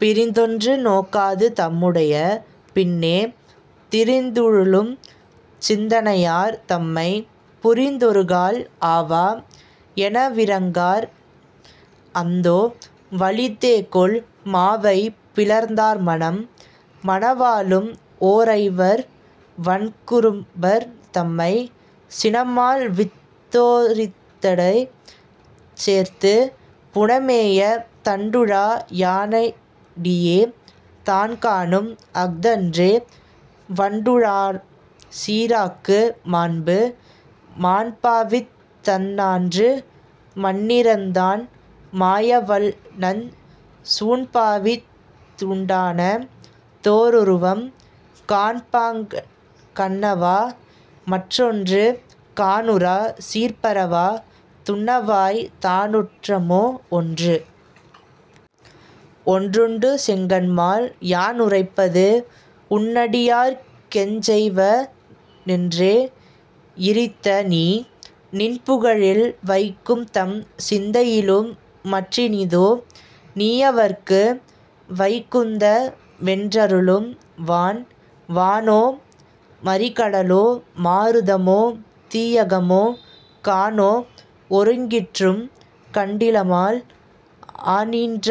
பிரிந்தொன்று நோக்காது தம்முடைய பின்னே, திரிந்துழுலும் சிந்தனையார் தம்மை,-புரிந்தொருகால் ஆவா. எனவிரங்கார் அந்தோ. வலிதேகொல், மாவை பிளந்தார் மனம்? மனவாளும் ஓரைவர் வன்குறும்பர் தம்மை, சினமாள்வித் தோரிடத்தே சேர்த்து-புனமேய தண்டுழா யானடியே தான்காணும் அஃதன்றே, வண்டுழாம் சீராக்கு மாண்பு? மாண்பாவித் தந்நான்று மண்ணிரந்தான், மாயவள்நஞ் சூண்பாவித் துண்டான தோருருவம்,-காண்பான்நங் கண்ணவா மற்றொன்று காணுறா, சீர்பரவா துண்ணவாய் தானுறுமோ ஒன்று? ஒன்றுண்டு செங்கண்மால். யானுரைப்பது, உன்னடியார்க் கெஞ்செய்வ னென்றே யிரித்திநீ,-நின்புகழில் வைகும்தம் சிந்தையிலும் மற்றினிதோ, நீயவர்க்கு வைகுந்த மென்றருளும் வான்? வானோ மறிகடலோ மாருதமோ தீயகமோ, கானோ ஒருங்கிற்றும் கண்டிலமால், ஆனீன்ற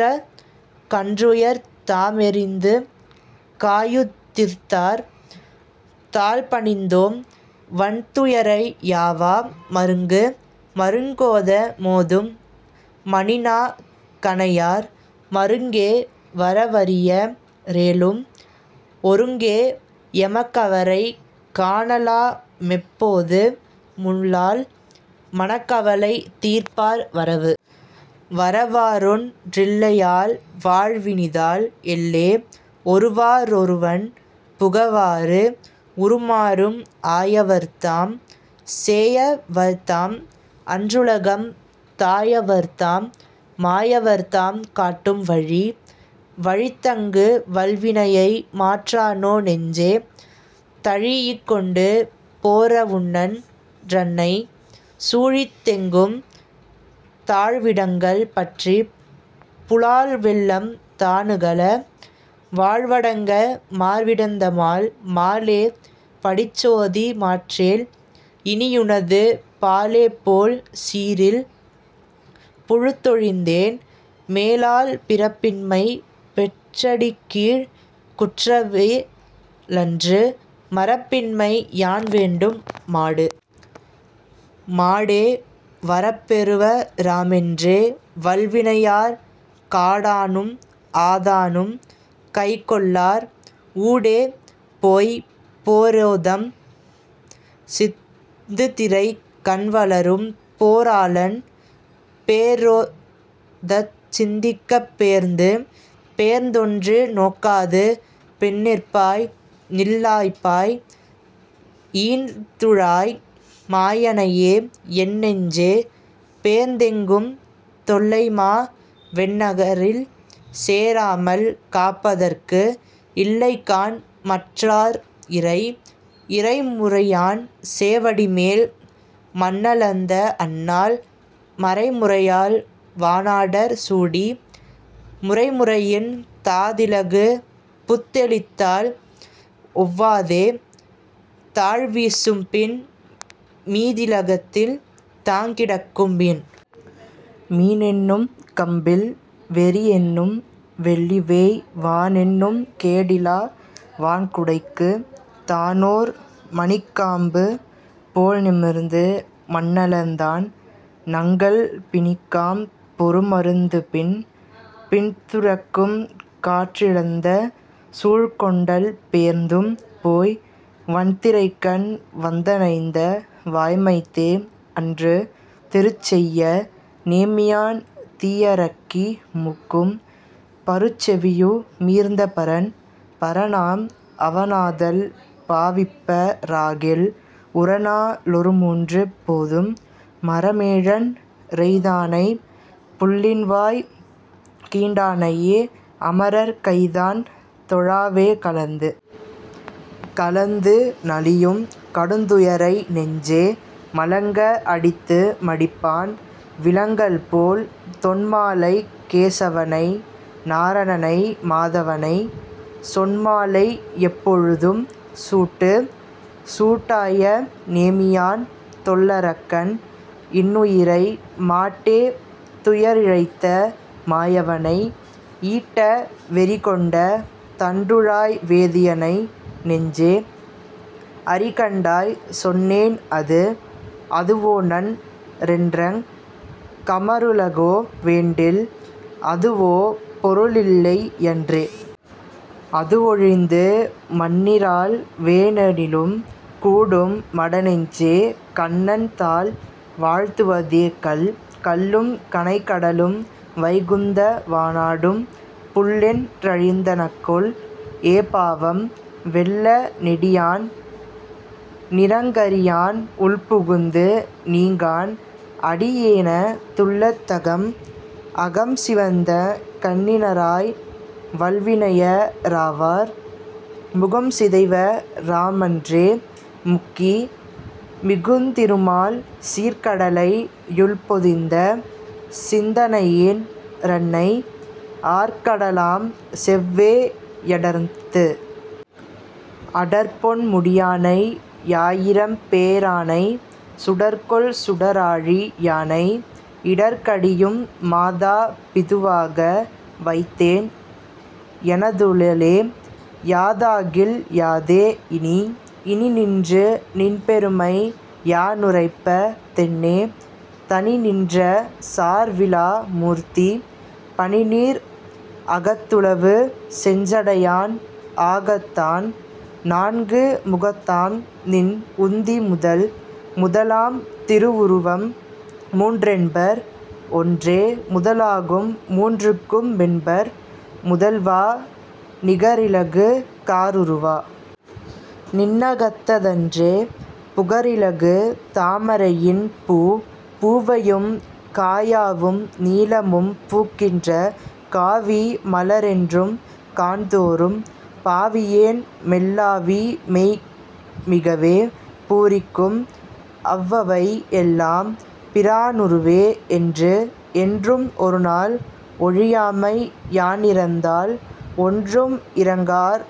கன்றுயரத் தாமெறிந்து காயுதிர்த்தார் தாள்பணிந்தோம், வன்துயரை யாவா. மருங்கு. மருங்கோத மோதும் மணிநா கணையார், மருங்கே வரவரிய ரேலும்,-ஒருங்கே எமக்கவரைக் காணலா மெப்போது முள்ளால், மனக்கவலை தீர்ப்பார் வரவு. வரவாறொன் றில்லையால் வாழ்வினிதால், எல்லே. ஒருவா றொருவன் புகவாறு,-உருமாறும் ஆயவர்தாம் சேயவர்தாம் அன்றுலகம் தாயவர்தாம், மாயவர்தாம் காட்டும் வழி. வழித்தங்கு வல்வினையை மாற்றானோ நெஞ்சே, தழீஇக்கொண்டு போரவுணன் றன்னை,-சூழித்தெங்கும் தாழ்விடங்கள் பற்றிப் புலால்வெள்ளம் தானுகள, வாழ்வடங்க மார்விடந்த மால்? மாலே. படிச்சோதி மாற்றேல், இனியுனது பாலேபோல் சீரில் புழுத்தொழிந்தேன்,-மேலால் பிறப்பின்மை பெற்றடிக்கீழ்க் குற்றேவ லன்று, மறப்பின்மை யான்வேண்டும் மாடு. மாடே வரப்பெறுவ ராமென்றே, வல்வினையார் காடானும் ஆதானும் கைகொள்ளார்,-ஊடேபோய்ப் போரோதம் சிந்துதிரைக் கண்வளரும், போராளன் பேரோதச் சிந்திக்கப் பேர்ந்து. பேர்ந்தொன்று நோக்காது பின்னிற்பாய் நில்லாப்பாய் ஈன்துழாய் மாயனையே என்னெஞ்சே, பேர்ந்தெங்கும் தொல்லைமா வெந்நரகில் சேராமல் காப்பதற்கு இல்லைகாண் மற்றோர் இறை. இறைமுறையான் சேவடிமேல் மண்ணளந்த அந்நாள், மறைமுறையால் வானாடர் கூடி,-முறைமுறையின் தாதிலகு பூத்தெளித்தால் ஒவ்வாதே, தாழ்விசும்பின் மீதிலகித் தாங்கிடக்கும் மீன். மீனென்னும் கம்பில் வெறியென்னும் வெள்ளிவேய் வானென்னும் கேடிலா வான்குடைக்கு,-தானோர் மணிக்காம்பு போல்நிமிர்ந்து மண்ணளந்தான், நங்கள் பிணிக்காம் பெருமருந்து பின். பின்துரக்கும் காற்றிழந்த சூல்கொண்டல் பேர்ந்தும் போய், வன்திரைக்கண் வந்தணைந்த வாய்மைத்தே, அன்று திருச்செய்ய நேமியான் தீயரக்கி மூக்கும், பருச்செவியு மீர்ந்த பரன். பரனாம் அவனாதல் பாவிப்ப ராகில், உரனா லொருமூன்று போதும்,-மரமேழன் றெய்தானைப் புள்ளின்வாய் கீண்டானையே, அமரர் கைதான் தொழாவே கலந்து? கலந்து நலியும் கடுந்துயரை நெஞ்சே மலங்க அடித்து மடிப்பான்,-விலங்கல்போல் தொன்மாலைக் கேசவனை நாரணனை மாதவனை, சொன்மாலை யெப்பொழுதும் சூட்டு. சூட்டாய நேமியான் தொல்லரக்கன் இன்னுயிரை, மாட்டே துயரிழைத்த மாயவனை,-ஈட்ட வெறிகொண்ட தண்டுழாய் வேதியனை, நெஞ்சே. அறிகண்டாய் சொன்னேன் அது. அதுவோநன் ரென்றங் கமருலகோ வேண்டில், அதுவோ பொருளில்லை யன்றே?, அதுவொழிந்து மண்ணிறாள் வேனெனிலும் கூடும் மடநெஞ்சே, கண்ணன் தாள் வாழ்த்துவதே கல். கல்லும் கனைகடலும் வைகுந்த வானாடும், புல்லென் றழிந்தனகொல் ஏபாவம்,-வெல்ல நெடியான் நிறங்கரியான் உள்புகுந்து நீங்கான், அடியேன துள்ளத் தகம். அகம்சிவந்த கண்ணினராய் வல்வினைய ராவார், முகம்சிதைவ ராமன்றே முக்கி,-மிகுந்திருமால் சீர்க்கடலை யுள்பொதிந்த சிந்தனையேன் றன்னை, ஆர்க்கடலாம் செவ்வே யடர்த்து? அடர்ப்பொன் முடியானை யாயிரம்பே ரானை, சுடர்கொள் சுடராழி யானை,-இடர்கடியும் மாதா பிதுவாக வைத்தேன் எனதுளலே யாதாகில் யாதே இனி? இனிநின்று நின்பெருமை யானுரைப்ப தென்னே, தனிநின்ற சார்விலா மூர்த்தி,-பனிநீர் அகத்துலவு செஞ்சடையான் ஆகத்தான், நான்கு முகத்தான்நின் உந்தி முதல். முதலாம் திருவுருவம் மூன்றென்பர், ஒன்றே முதலாகும் மூன்றுக்கும் மென்பர்-முதல்வா, நிகரிலகு காருருவா. நின்னகத்த தன்றே, புகரிலகு தாமரையின் பூ? பூவையும் காயாவும் நீலமும் பூக்கின்ற, காவி மலரென்றும் காண்தோறும், பாவியேன் மெல்லாவி மெய்மிகவே பூரிக்கும், அவ்வவை எல்லாம் பிரானுருவே என்று. என்றும் ஒருநாள் ஒழியாமை யானிரந்தால், ஒன்றும் இரங்கார்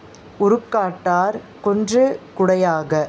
உருக்காட்டார்,-குன்று குடையாக